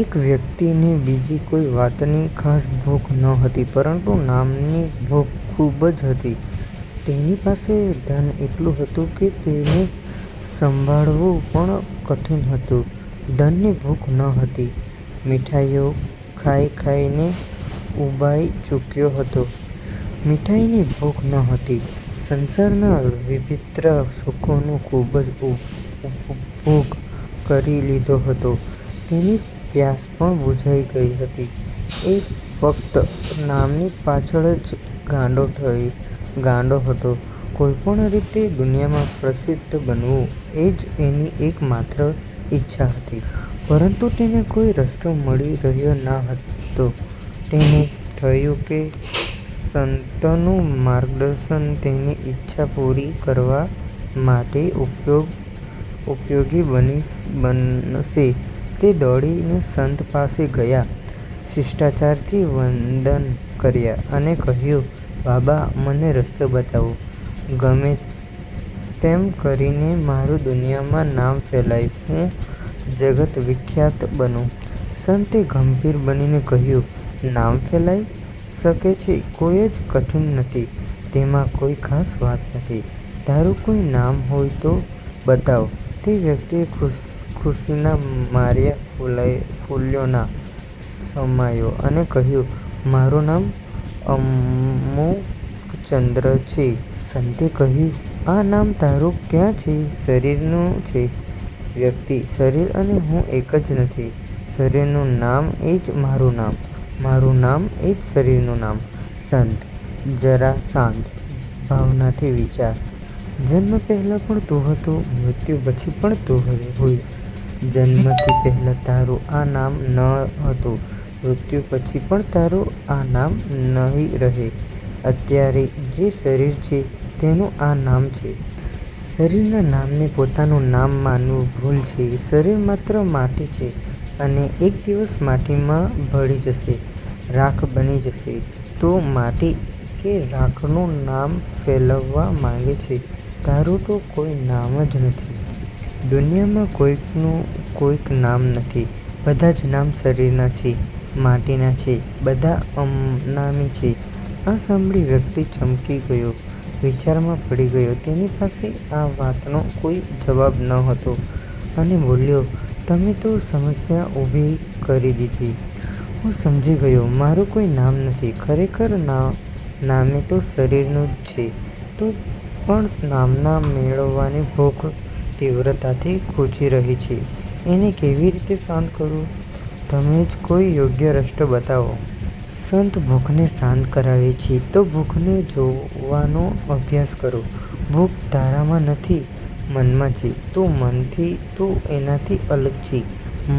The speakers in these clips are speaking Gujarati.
એક વ્યક્તિ ને બીજી કોઈ વાતની ખાસ ભૂખ ન હતી, પરંતુ નામ ની ભૂખ ખુબ જ હતી! તેની પાસે ધન એટલું હતું કે તેને સંભાળવુ પણ કઠિન હતું. ધનની ભૂખ ન હતી. મીઠાઈઓ ખાઇ ખાઇ ને ઉબાઈ ચુક્યો હતો. મીઠાઈ ની ભૂખ ન હતી. સંસારના વિભિત્ર સુખો નો ખુબ જ ઉપભોગ કરી લીધો હતો. તેની પ્યાસ પણ બુઝાઈ ગઈ હતી. એ ફક્ત નામની પાછળ જ ગાંડો થયો ગાંડો હતો. કોઈપણ રીતે દુનિયામાં પ્રસિદ્ધ બનવું એજ એની એક માત્ર ઈચ્છા હતી. પરંતુ તેને કોઈ રસ્તો મળી રહ્યો ના હતો. તેને થયું કે સંતનું માર્ગદર્શન તેની ઇચ્છા પુરી કરવા માટે ઉપયો ઉપયોગી બની બનશે. તે દોડીને સંત પાસે ગયા. શિષ્ટાચાર થી વંદન કર્યા અને કહ્યું, "બાબા! મને રસ્તો બતાવો, ગમે-તેમ કરીને મારુ દુનિયામાં નામ ફેલાય, હું જગતવિખ્યાત બનું. " સંતે ગંભીર બનીને કહ્યું, "નામ ફેલાઈ શકે છે. કોય જ કઠિન નથી. તેમાં કોઈ ખાસ વાત નથી. તારું કોઈ નામ હોય તો બતાવ. " તે વ્યક્તિ ખુશ ખુશીના માર્યા ફુલાય ફૂલ્યો ના સમાયો, અને કહ્યું, "મારુ નામ અમુકચંદ્ર છે! " સંતે કહ્યું, "આ નામ તારું ક્યાં છે? શરીરનું છે. " વ્યક્તિ: "શરીર અને હું એક જ નથી? શરીર નું નામ એજ મારુ નામ. મારુ નામ એજ શરીરનું નામ! " સંત: "જરા શાંત ભાવનાથી વિચાર. જન્મ પહેલાં પણ તું હતો, મૃત્યુ પછી પણ તું હોય હોઈશ. જન્મ થી પેહલા તારું આ નામ ન હતું. મૃત્યુ પછી પણ તારું આ નામ નહિ રહે અત્યારે જે શરીર છે તેનું આ નામ છે. શરીરના નામને પોતાનું નામ માનવું ભૂલ છે. શરીર માત્ર માટી છે, અને એક દિવસ માટી માં ભળી જશે! રાખ બની જશે. તું માટી કે રાખનું નામ ફેલાવવા માંગે છે. તારું તો કોઈ નામ જ નથી. દુનિયામાં કોઈકનું કોઈક નામ નથી. બધાજ નામ શરીરના છે, માટીના છે. બધા અમનામી છે! " આ સાંભળી વ્યક્તિ ચમકી ગયો, વિચારમાં પડી ગયો, તેની પાસે આ વાતનો કોઈ જવાબ ન હતો, અને બોલ્યો, "તમે તો સમસ્યા ઉભી કરી દીધી. હું સમજી ગયો, મારું કોઈ નામ નથી, ખરેખર ના નામે તો શરીર નુ જ છે! તો પણ નામના મેળવવાની ભૂખ તીવ્રતાથી ખૂંચી રહી છે. એને કેવી રીતે શાંત કરું? તમે જ કોઈ યોગ્ય રસ્તો બતાવો! " સંત: "ભૂખને શાંત કરાવે છે તો ભૂખને જોવાનો અભ્યાસ કરો. ભૂખ તારામાં નથી મન માં છે! તું મન થી, તું એનાથી અલગ છે.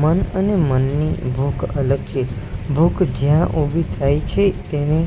મન અને મનની ભૂખ અલગ છે. ભૂખ જ્યાં ઉભી થાય છે તેને